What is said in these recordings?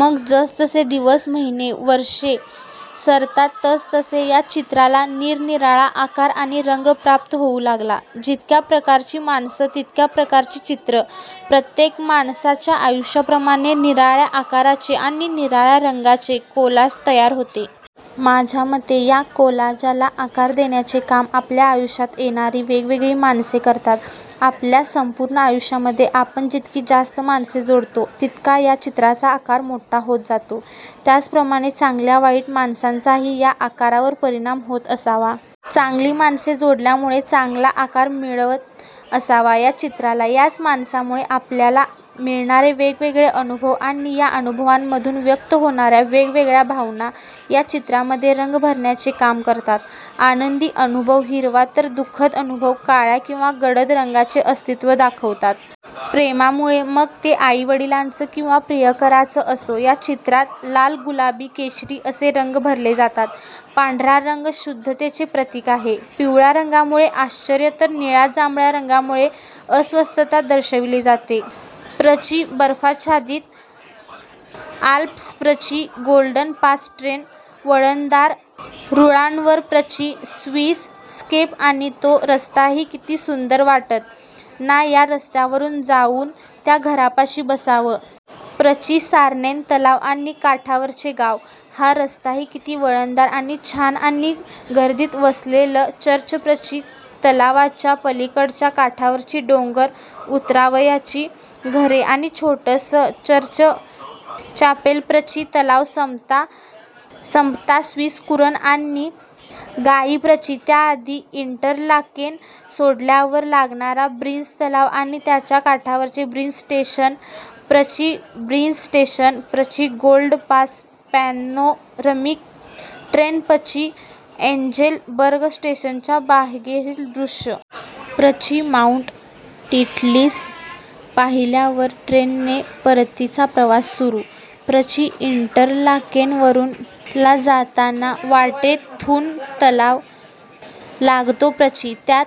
मग जसजसे दिवस, महिने, वर्षे सरतात तसतसे या चित्राला निरनिराळा आकार आणि रंग प्राप्त होऊ लागतात. जितक्या प्रकारची माणसं, तितक्या प्रकारची चित्रं. प्रत्येक माणसाच्या आयुष्याप्रमाणे निराळ्या आकाराचे आणि निराळ्या रंगांचे कोलाज तयार होते. माझ्यामते या कोलाजाला आकार देण्याचे काम आपल्या आयुष्यात येणारी वेगवेगळी माणसे करतात. आपल्या संपूर्ण आयुष्यामध्ये आपण जितकी जास्त माणसे जोडतो तितका या चित्राचा आकार मोठा होत जातो. त्याचप्रमाणे चांगल्या-वाईट माणसांचाही या आकारावर परिणाम होत असावा. चांगली माणसे जोडल्यामुळे चांगला आकार मिळत असावा या चित्राला. याच माणसांमुळे आपल्याला मिळणारे वेगवेगळे अनुभव आणि या अनुभवांमधून व्यक्त होणाऱ्या वेगवेगळ्या भावना या चित्रामध्ये रंग भरण्याचे काम करतात. आनंदी अनुभव हिरवा तर दुखद अनुभव काळ्या किंवा गडद रंगांचे अस्तित्व दाखवतात. प्रेमामुळे, मग ते आई-वडिलांचं किंवा प्रियकराच असो, या चित्रात लाल, गुलाबी, केशरी असे रंग भरले जातात. पांढरा रंग शुद्धतेचे प्रतिक आहे. पिवळया रंगामुळे आश्चर्य तर निळया-जांभळ्या रंगांमुळे अस्वस्थता दर्शविली जाते. प्रचि: बर्फाच्छादित आल्प्सप्रचि: गोल्डन पास ट्रेन वळणदार रुळांवरप्रचि: स्विस स्केपआणि तो रस्ताही किती सुंदरवाटतं ना या रस्त्यावरून जाऊन त्या घरापाशी बसावं? प्रचि: सार्नेन तलाव आणि काठावरचे गाव. हा रस्ताही किती वळणदार आणि छानआणि गर्दीत वसलेलं चर्चप्रचि: तलावाच्या पलीकडच्या काठावरची डोंगर उतारावरची घरे आणि छोटंसं चर्चचॅपेलप्रचि: तलाव संपता संपतास्विस कुरण आणि गायीप्रचि: त्याआधी इंटरलाकेन सोडल्यावर लागणारा ब्रिन्झ तलाव आणि त्याच्या काठावरचे ब्रिन्झ स्टेशन - प्रचि: ब्रिन्झ स्टेशन - प्रचि: गोल्डन पास पॅनोरमिक ट्रेनप्रचि: एंजेल बर्ग स्टेशनच्या बाहेरील दृश्य.. प्रचि: माउंट टिटलिस पाहिल्यावर ट्रेनने परतीचा प्रवास सुरु.. प्रचि: इंटरलाकेन वरून -- ला जाताना, वाटेत थुन तलाव लागतोप्रचि: त्यात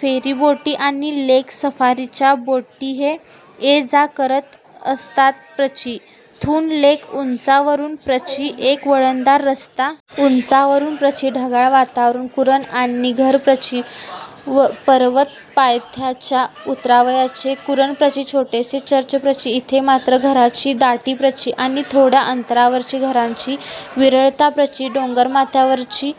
फेरीबोटी आणि लेक सफारीच्या बोटीही ये-जा करत असतातप्रचि: थुन लेक: उंचावरूनप्रचि: एक वळणदार रस्ता, उंचावरूनप्रचि: ढगाळ वातावरण, कुरणआणि घरप्रचि: पर्वत पायथ्याच्या उतारावरचे कुरणप्रचि: छोटेसे चर्चप्रचि: इथे मात्र घरांची दाटीप्रचि: आणि थोड्या अंतरावरची घरांची विरळताप्रचि: डोंगरमाथ्यावरची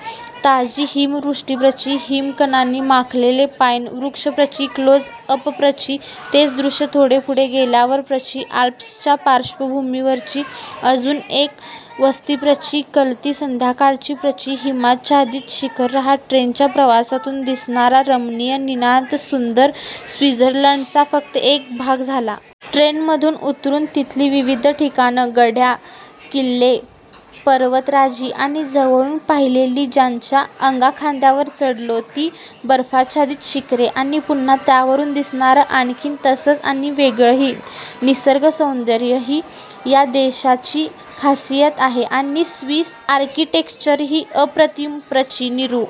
ताजी हिमवृष्टीप्रचि: हिमकणांनी माखलेले पाईन वृक्षप्रचि: क्लोज अपप्रचि: तेच दृश्य थोडं पुढे गेल्यावरप्रचि: आल्प्सच्या पार्श्वभूमीवरची अजून एक वस्तीप्रचि: कलती संध्याकाळप्रचि: हिमाच्छादित शिखरहा ट्रेनच्या प्रवासातून दिसणारा रमणीय, नितांत सुंदर स्विझर्लंडचा फक्त एक भाग झाला. ट्रेनमधून उतरून तिथली विविध ठिकाणं, गढ्या, किल्ले, पर्वतराजी आणि जवळून पाहिलेली, ज्यांच्या अंगाखांद्यांवर चढलो ती बर्फाच्छादित शिखरे आणि पुन्हा त्यावरून दिसणारं आणखीन तसंच आणि वेगळंही निसर्ग सौंदर्य; हि या देशाची खासियत आहेआणि स्विस आर्किटेक्चरहीअप्रतिम प्रचि निरु.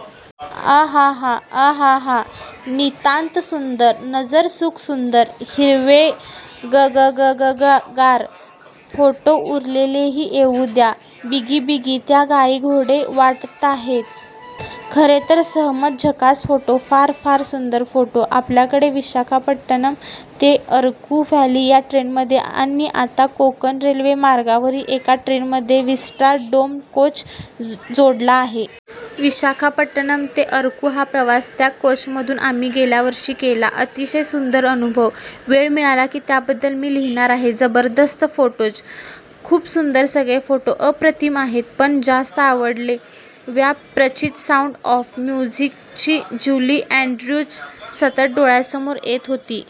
अहाहाअहाहा, नितांतसुंदर. नजरसुख. सुंदर हिरवेगगगगगार फोटोउरलेलेही येऊ द्या बिगिबिगी. त्या गायी घोडे वाटताहेत खरेतरसहमत। झकास फोटो! फार फार सुंदर फोटो! आपल्याकडे विशाखापट्टणम ते अरकु व्हॅली या ट्रेनमध्ये आणि आता कोकण रेल्वे मार्गावरही एका ट्रेनमध्ये विस्टा डोम कोच जोडला आहे. विशाखापट्टणम ते अरकु हा प्रवास त्या कोचमधून आम्ही गेल्या वर्षी केला. अतिशय सुंदर अनुभव! वेळ मिळाला की त्याबद्दल मी लिहिणार आहे. जबरदस्त फोटोज!!!! खुप सुंदर. सगळेच फोटो अप्रतिम आहेत. पण जास्त आवडले. व्या प्रचित साऊंड ऑफ म्युझिकची ज्युली अँड्र्यूज सतत डोळ्यांसमोर येत होती.